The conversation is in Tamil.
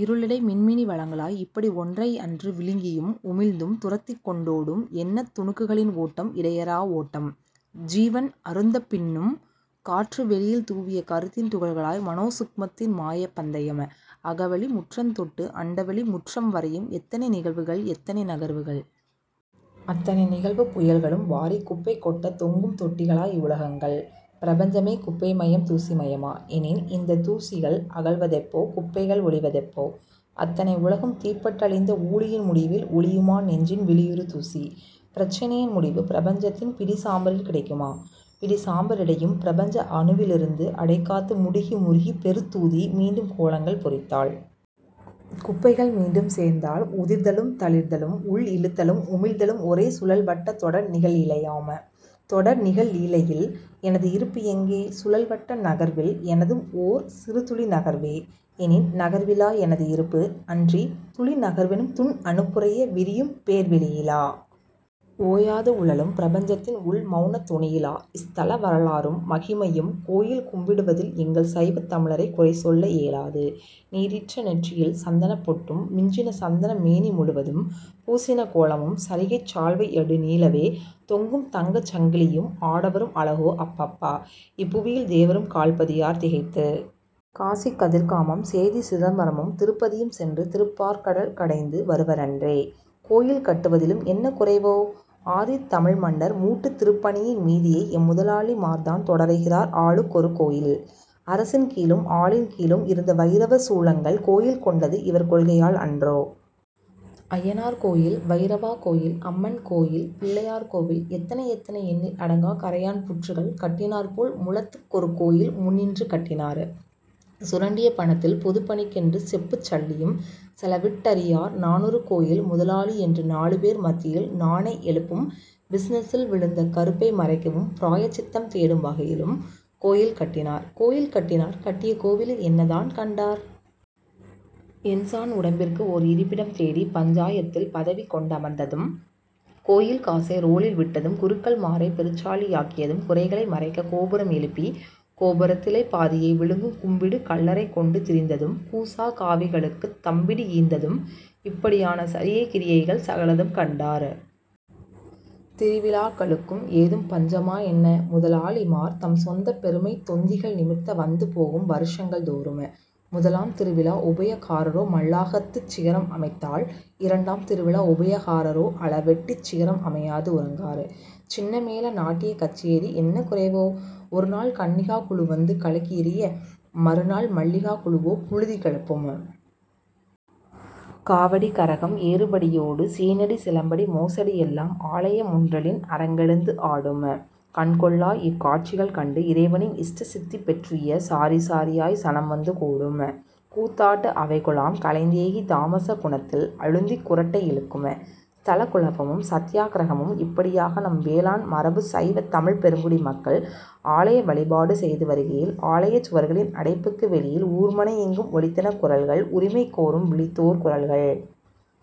இருளிடை மின்மினி வலங்களாய், இப்படி ஒன்றையன்று விழுங்கியும் உமிழ்ந்தும் துரத்திக் கொண்டோடும் எண்ணத் துணுக்குகளின் ஓட்டம் இடையறா ஓட்டம். ஜீவன் அறுந்தபின்னும் காற்று வெளியில் தூவிய கருத்தின் துகள்களாய் மனோசூக்குமத்தின் மாயப் பந்தயம். அகவெளி முற்றந் தொட்டு அண்டவெளி முற்றம் வரையும் எத்தனை நிகழ்வுகள்! எத்தனை நகர்வுகள்! அத்தனை நிகழ்வுப் புயல்களும் வாரிக் குப்பை கொட்ட தொங்கும் தொட்டிகளா இவ்வுலகங்கள்? பிரபஞ்சமே குப்பைமயம் தூசிமயமா? எனின் இந்தத் தூசிகள் அகல்வதெப்போ? குப்பைகள் ஒழிவதெப்போ? அத்தனை உலகும் தீப்பட்டழிந்த ஊழியின் முடிவில் ஒழியுமா நெஞ்சின் விழியுறு தூசி? பிரச்சனையின் முடிவு பிரபஞ்சத்தின் பிடிசாம்பரில் கிடைக்குமா? பிடிசாம்பரிடையும் பிரபஞ்ச அணுவிலிருந்து அடைகாத்து முடுகி முறுகி பெருத்தூதி மீண்டும் கோளங்கள் பொரித்தால்....? குப்பைகள் மீண்டும் சேர்ந்தால்....? உதிர்தலும் தளிர்தலும் உள்ளிழுத்தலும் உமிழ்தலும் ஒரே சுழல் வட்டத் தொடர் நிகழ்லீலையாம். தொடர்நிகழ் லீலையில் எனது இருப்பு எங்கே? சுழல்வட்ட நகர்வில் எனதும் ஓர் சிறுத்துளி நகர்வே. எனின் நகர்விலா எனது இருப்பு? அன்றி துளி நகர்வெனும் துண் அணுப்புரைய விரியும் பேர் வெளியிலா? ஓயாது உழலும் பிரபஞ்சத்தின் உள் மௌனத் தொனியிலா? ஸ்தல வரலாறும் மகிமையும் கோயில் கும்பிடுவதில் எங்கள் சைவத் தமிழரை குறை சொல்ல ஏலாது நீறிட்ட நெற்றியில் சந்தனப் பொட்டும், மிஞ்சின சந்தனம் மேனிமுழுவதும் பூசின கோலமும் சரிகைச் சால்வை யடு நீளவே தொங்கும் தங்கச் சங்கிலியும் ஆடவரும் அழகோ அப்பப்பா இப்புவியில் தேவரும் கால் பதியார் திகைத்து. காசி கதிர்காமம் சேதிசிதம்பரமும் திருப்பதியும் சென்று திருப்பாற் கடல் கடைந்து வரு வரன்றே. கோயில் கட்டுவதிலும் என்ன குறைவோ? ஆதித் தமிழ் மன்னர் மூட்டுதிருப் பணியின் மீதியை எம்முதலாளி மார்தான் தொடருகிறார் ஆளுக்கொரு கோயில்! அரசின் கீழும் ஆலின் கீழும் இருந்த வயிரவர் சூலங்கள் கோயில் கொண்டது இவர் கொள்கையால் அன்றோ. அய்யனார் கோயில் வயிரவா கோயில் அம்மன் கோயில் பிள்ளையார் கோயில் எத்தனை எத்தனை எண்ணில் அடங்கா கறையான் புற்றுகள் கட்டினாற்போல முழத்துக் கொருகோயில் முன்னின்று கட்டினார். சுரண்டிய பணத்தில் பொதுப் பணிக்கென்று செப்புச் சல்லியும் செலவிட்டறியார் நானொரு கோயில் முதலாளி என்று நாலு பேர் மத்தியில் 'நானை' எழுப்பும் பிஸினெஸில் விழுந்த கறுப்பை மறைக்கவும் பிராயச் சித்தம் தேடும் வகையிலும் கோயில் கட்டினார் கோயில் கட்டினார் கட்டிய கோயிலில் என்னதான் கண்டார்? எண் சாண் உடம்பிற்கு ஒர் இருப்பிடம் தேடி பஞ்சாயத்தில் பதவி கொண்டமர்ந்ததும். கோயில் காசை றோளில் விட்டதும் குருக்கள் மாரை பெருச்சாளியாக்கியதும் குறைகளை மறைக்கக் கோபுரம் எழுப்பி கோபுரத்திலே பாதியை விழுங்கும் கும்பிடுகள்ளரைக் கொண்டு திரிந்ததும் கூஜா காவிகளுக்குத் 'தம்பிடி' ஈந்ததும்- இப்படியான சரியை கிரியைகள் சகலதும் கண்டார். திருவிழாக்களுக்கும் ஏதும் பஞ்சமா என்ன? முதலாளிமார் தம் சொந்தப் பெருமைத் தொந்திகள் நிமிர்த்த வந்து போகும் வருஷங்கள் தோறும். முதலாந் திருவிழா உபயகாரரோ மல்லாகத்துச் சிகரம் அமைத்தால் இரண்டாந் திருவிழா உபயகாரரோ அளவெட்டிச் சிகரம் அமையாது உறங்கார். சின்னமேள, நாட்டியக் கச்சேரி என்ன குறைவோ? ஒருநாள் 'கன்னிகா' குழு வந்து கலக்கியெறிய மறுநாள் மல்லிகா குழுவோ புழுதி கிளப்பும். காவடி, கரகம், ஏறுபடி யோடு சீனடி சிலம்படி மோசடி எல்லாம் ஆலய முன்றலின் அரங்கெழுந்து ஆடும். கண்கொள்ளா இக் காட்சிகள் கண்டு இறைவனின் இஷ்ட சித்தி பெற்றுய்ய சாரிசாரியாய் சனம்வந்து கூடும். கூத்தாட்டு அவைக் குழாம் கலைந்தேகி தாமஸ குணத்தில் அழுந்திக் குறட்டை இழுக்கும். ஸ்தலக் குழப்பமும் சத்தியாக்கிரகமும் இப்படியாக நம் வேளாண் மரபுச் சைவத் தமிழ்ப் பெருங்குடி மக்கள் ஆலய வழிபாடு செய்து வருகையில் ஆலயச் சுவர்களின் அடைப்புக்கு வெளியில் ஊர்மனையெங்கும் ஒலித்தன குரல்கள் உரிமை கோரும் விழித்தோர் குரல்கள்!